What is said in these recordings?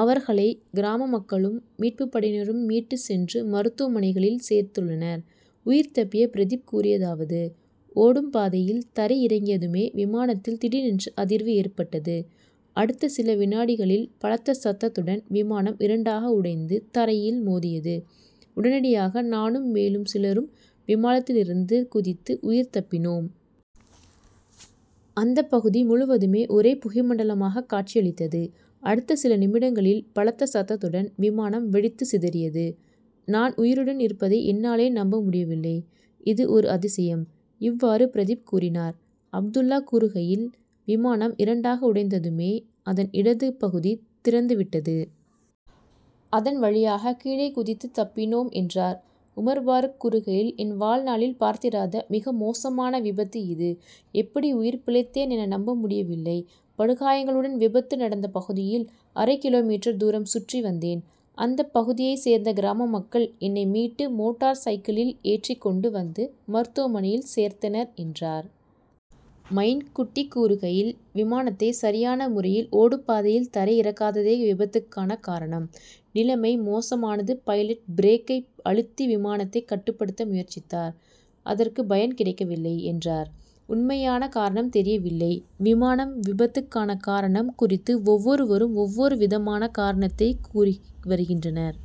அவர்களை கிராம மக்களும் மீட்பு படையினரும் மீட்டுச் சென்று மருத்துவமனைகளில் சேர்த்துள்ளனர். உயிர் தப்பிய பிரதிப் கூறியதாவது ஓடுபாதையில் தரை இறங்கியதுமே விமானத்தில் திடீரென அதிர்வு ஏற்பட்டது. அடுத்த சில வினாடிகளில் பலத்த சத்தத்துடன் விமானம் இரண்டாக உடைந்து தரையில் மோதியது. உடனடியாக நானும் மேலும் சிலரும் விமானத்திலிருந்து குதித்து உயிர் தப்பினோம். அந்த பகுதி முழுவதும் ஒரே புகை மண்டலமாக காட்சி அளித்தது. அடுத்த சில நிமிடங்களில் பலத்த சத்தத்துடன் விமானம் வெடித்து சிதறியது. நான் உயிருடன் இருப்பதை என்னாலே நம்ப முடியவில்லை. இது ஒரு அதிசயம். இவ்வாறு பிரதிப் கூறினார். அப்துல்லா கூறுகையில் விமானம் இரண்டாக உடைந்ததுமே அதன் இடது பகுதி திறந்து விட்டது. அதன் வழியாக கீழே குதித்து தப்பினோம் என்றார். உமர் பரூக் கூறுகையில் என் வாழ்நாளில் பார்த்திராத மிக மோசமான விபத்து இது. எப்படி உயிர் பிழைத்தேன் என நம்ப முடியவில்லை. படுகாயங்களுடன் விபத்து நடந்த பகுதியில் அரை கிலோமீட்டர் தூரம் சுற்றி வந்தேன். அந்த பகுதியை சேர்ந்த கிராம மக்கள் என்னை மீட்டு மோட்டார் சைக்கிளில் ஏற்றி கொண்டு வந்து மருத்துவமனையில் சேர்த்தனர் என்றார். மயின் குட்டி கூறுகையில் விமானத்தை சரியான முறையில் ஓடுபாதையில் தரை இறக்காததே விபத்துக்கான காரணம். நிலைமை மோசமானதும் பைலட் பிரேக்கை அழுத்தி விமானத்தை கட்டுப்படுத்த முயற்சித்தார். அதற்கு பயன் கிடைக்கவில்லை என்றார். உண்மையான காரணம் தெரியவில்லை. விமான விபத்துக்கான காரணம் குறித்து ஒவ்வொருவரும் ஒவ்வொரு விதமான காரணத்தை கூறி வருகின்றனர்.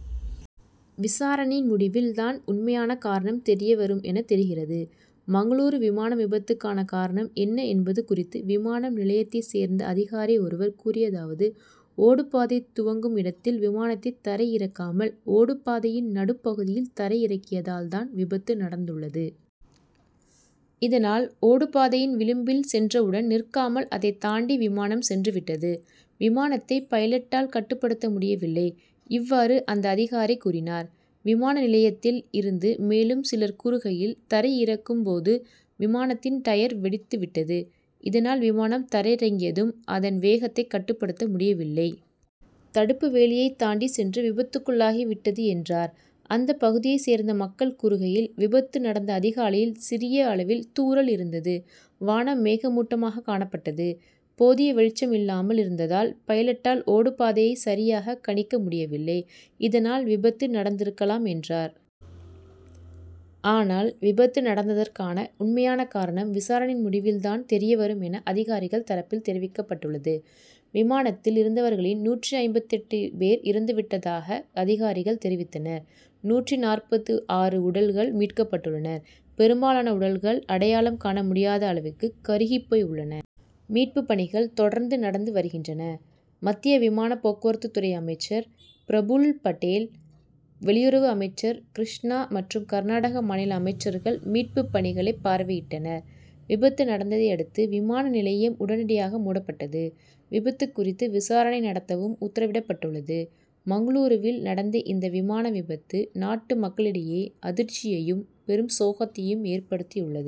விசாரணையின் முடிவில் தான் உண்மையான காரணம் தெரிய வரும் என தெரிகிறது. மங்களூரு விமான விபத்துக்கான காரணம் என்ன என்பது குறித்து விமான நிலையத்தைச் சேர்ந்த அதிகாரி ஒருவர் கூறியதாவது ஓடுபாதை துவங்கும் இடத்தில் விமானத்தை தரை இறக்காமல் ஓடுபாதையின் நடுப் பகுதியில் தரை இறக்கியதால் தான் விபத்து நடந்துள்ளது. இதனால் ஓடுபாதையின் விளிம்பில் சென்றவுடன் நிற்காமல் அதைத் தாண்டி விமானம் சென்று விட்டது. விமானத்தை பைலட்டால் கட்டுப்படுத்த முடியவில்லை. இவ்வாறு அந்த அதிகாரி கூறினார். விமான நிலையத்தில் இருந்த மேலும் சிலர் கூறுகையில் தரை இறக்கும் போது விமானத்தின் டயர் வெடித்து விட்டது. இதனால் விமானம் தரை இறங்கியதும் அதன் வேகத்தை கட்டுப்படுத்த முடியவில்லை. தடுப்பு வேலியை தாண்டிச் சென்று விபத்துக்குள்ளாகி விட்டது என்றார். அந்த பகுதியைச் சேர்ந்த மக்கள் கூறுகையில் விபத்து நடந்த அதிகாலையில் சிறிய அளவில் தூறல் இருந்தது. வானம் மேகமூட்டமாக காணப்பட்டது. போதிய வெளிச்சம் இல்லாமல் இருந்ததால் பைலட்டால் ஓடுபாதையை சரியாக கணிக்க முடியவில்லை. இதனால் விபத்து நடந்திருக்கலாம் என்றார். ஆனால் விபத்து நடந்ததற்கான உண்மையான காரணம் விசாரணையின் முடிவில் தான் தெரிய வரும் என அதிகாரிகள் தரப்பில் தெரிவிக்கப்பட்டுள்ளது. விமானத்தில் இருந்தவர்களில் நூற்று ஐம்பத்து எட்டு பேர் இறந்துவிட்டதாக அதிகாரிகள் தெரிவித்தனர். நூற்று நாற்பத்து ஆறு உடல்கள் மீட்கப்பட்டுள்ளன. பெரும்பாலான உடல்கள் அடையாளம் காண முடியாத அளவுக்கு கருகிப் போய் உள்ளன. மீட்புப் பணிகள் தொடர்ந்து நடந்து வருகின்றன. மத்திய விமான போக்குவரத்துத்துறை அமைச்சர் பிரபுல் படேல் வெளியுறவு அமைச்சர் கிருஷ்ணா மற்றும் கர்நாடக மாநில அமைச்சர்கள் மீட்புப் பணிகளை பார்வையிட்டனர். விபத்து நடந்ததையடுத்து விமான நிலையம் உடனடியாக மூடப்பட்டது. விபத்து குறித்து விசாரணை நடத்தவும் உத்தரவிடப்பட்டுள்ளது. மங்களூருவில் நடந்த இந்த விமான விபத்து நாட்டு மக்களிடையே அதிர்ச்சியையும் பெரும் சோகத்தையும் ஏற்படுத்தியுள்ளது.